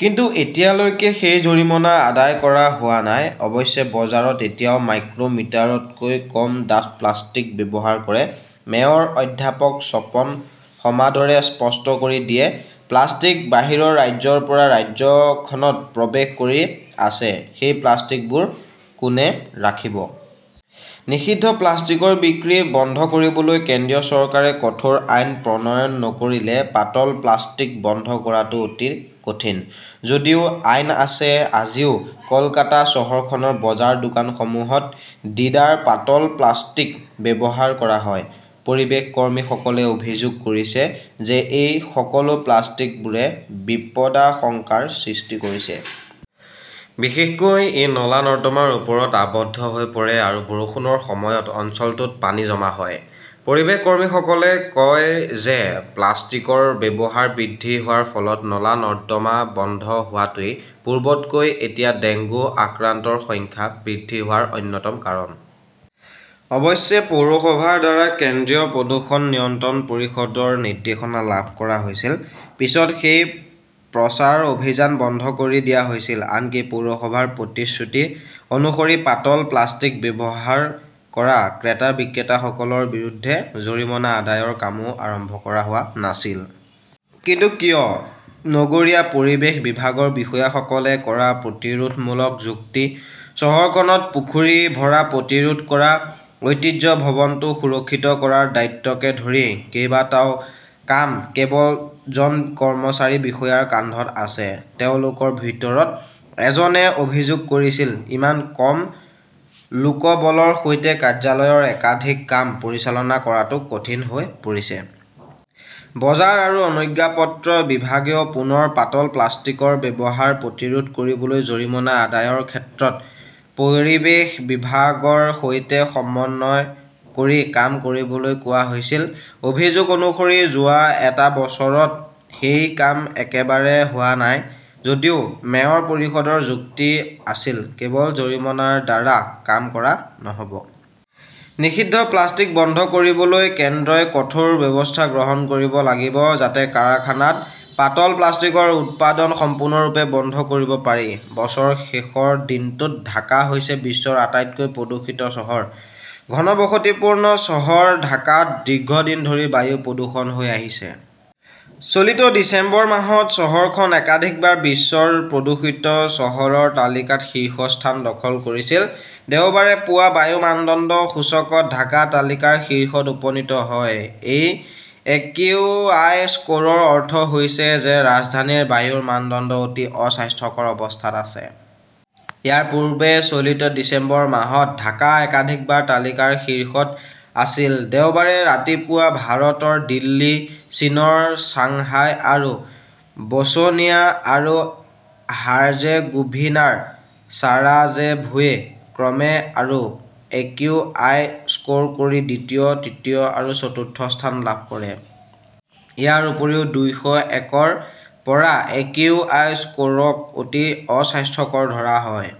কিন্তু এতিয়ালৈকে সেই জৰিমনা আদায় কৰা হোৱা নাই। অৱশ্যে, বজাৰত এতিয়াও মাইক্ৰ মিটাৰতকৈ কম ডাঠ প্লাষ্টিক ব্যৱহাৰ কৰে, মেয়ৰ অধ্যাপক স্বপন সমাদৰে স্পষ্ট কৰি দিয়ে,"প্লাষ্টিক বাহিৰৰ ৰাজ্যৰ পৰা ৰাজ্যখনত প্ৰৱেশ কৰি আছে। সেই প্লাষ্টিকবোৰ কোনে ৰাখিব? নিষিদ্ধ প্লাষ্টিকৰ বিক্ৰী বন্ধ কৰিবলৈ কেন্দ্ৰীয় চৰকাৰে কঠোৰ আইন প্ৰণয়ন নকৰিলে পাতল প্লাষ্টিক বন্ধ কৰাটো অতি কঠিন। যদিও আইন আছে, আজিও কলকাতা চহৰখনৰ বজাৰ-দোকানসমূহত ডিডাৰ পাতল প্লাষ্টিক ব্যৱহাৰ কৰা হয়। পৰিৱেশ কৰ্মীসকলে অভিযোগ কৰিছে যে এই সকলো প্লাষ্টিকবোৰে বিপদাশংকাৰ সৃষ্টি কৰিছে। বিশেষকৈ, ই নলা-নৰ্দমাৰ ওপৰত আবদ্ধ হৈ পৰে আৰু বৰষুণৰ সময়ত অঞ্চলটোত পানী জমা হয়। পৰিৱেশ কৰ্মীসকলে কয় যে প্লাষ্টিকৰ ব্যৱহাৰ বৃদ্ধি হোৱাৰ ফলত নলা-নৰ্দমা বন্ধ হোৱাটোৱে পূৰ্বতকৈ এতিয়া ডেংগু আক্ৰান্তৰ সংখ্যা বৃদ্ধি হোৱাৰ অন্যতম কাৰণ। অৱশ্যে, পৌৰসভাৰ দ্বাৰা কেন্দ্ৰীয় প্ৰদূষণ নিয়ন্ত্ৰণ পৰিষদৰ নিৰ্দেশনা লাভ কৰা হৈছিল। পিছত সেই প্ৰচাৰ অভিযান বন্ধ কৰি দিয়া হৈছিল। আনকি পৌৰসভাৰ প্ৰতিশ্ৰুতি অনুসৰি পাতল প্লাষ্টিক ব্যৱহাৰ কৰা ক্ৰেতা-বিক্ৰেতাসকলৰ বিৰুদ্ধে জৰিমনা আদায়ৰ কামো আৰম্ভ কৰা হোৱা নাছিল। কিন্তু কিয়? নগৰীয়া পৰিৱেশ বিভাগৰ বিষয়াসকলে কৰা প্ৰতিৰোধমূলক যুক্তি, চহৰখনত পুখুৰী ভৰা প্ৰতিৰোধ কৰা, ঐতিহ্য ভৱনটো সুৰক্ষিত কৰাৰ দায়িত্বকে ধৰি কেইবাটাও কাম কেৱল জন কৰ্মচাৰী-বিষয়াৰ কান্ধত আছে। তেওঁলোকৰ ভিতৰত এজনে অভিযোগ কৰিছিল, "ইমান কম লোকবলৰ সৈতে কাৰ্যালয়ৰ একাধিক কাম পৰিচালনা কৰাটো কঠিন হৈ পৰিছে।" বজাৰ আৰু অনুজ্ঞাপত্ৰ বিভাগেও পুনৰ পাতল প্লাষ্টিকৰ ব্যৱহাৰ প্ৰতিৰোধ কৰিবলৈ জৰিমনা আদায়ৰ ক্ষেত্ৰত পৰিৱেশ বিভাগৰ সৈতে সমন্বয় কৰি কাম কৰিবলৈ কোৱা হৈছিল। অভিযোগ অনুসৰি যোৱা এটা বছৰত সেই কাম একেবাৰে হোৱা নাই। যদিও মেয়ৰ পৰিষদৰ যুক্তি আছিল, "কেৱল জৰিমনাৰ দ্বাৰা কাম কৰা নহ'ব। নিষিদ্ধ প্লাষ্টিক বন্ধ কৰিবলৈ কেন্দ্ৰই কঠোৰ ব্যৱস্থা গ্ৰহণ কৰিব লাগিব। যাতে কাৰখানাত পাতল প্লাষ্টিকৰ উৎপাদন সম্পূৰ্ণৰূপে বন্ধ কৰিব পাৰি। "। বছৰৰ শেষৰ দিনটোত ঢাকা হৈছে বিশ্বৰ আটাইতকৈ প্ৰদূষিত চহৰ। ঘনবসতিপূৰ্ণ চহৰ ঢাকাত দীৰ্ঘদিন ধৰি বায়ু প্ৰদূষণ হৈ আহিছে। চলিত ডিচেম্বৰ মাহত চহৰখন একাধিকবাৰ বিশ্বৰ প্ৰদূষিত চহৰৰ তালিকাত শীৰ্ষস্থান দখল কৰিছিল। দেওবাৰে পুৱা বায়ু মানদণ্ড সূচকত ঢাকা তালিকাৰ শীৰ্ষত উপনীত হয়। এই একিউআই স্ক'ৰৰ অৰ্থ হৈছে যে ৰাজধানীৰ বায়ুৰ মানদণ্ড অতি অস্বাস্থ্যকৰ অৱস্থাত আছে। ইয়াৰ পূৰ্বে চলিত ডিচেম্বৰ মাহত ঢাকা একাধিকবাৰ তালিকাৰ শীৰ্ষত আছিল। দেওবাৰে ৰাতিপুৱা ভাৰতৰ দিল্লী, চীনৰ চাংহাই আৰু ব'শ্বনিয়া আৰু হাৰ্জেগোভিনাৰ ছাৰাজেভোৱে ক্ৰমে আৰু একিউআই স্ক'ৰ কৰি দ্বিতীয়, তৃতীয় আৰু চতুৰ্থ স্থান লাভ কৰে। ইয়াৰ উপৰিও, দুইশ‌ একৰ পৰা একিউআই স্ক'ৰক অতি অস্বাস্থ্যকৰ ধৰা হয়।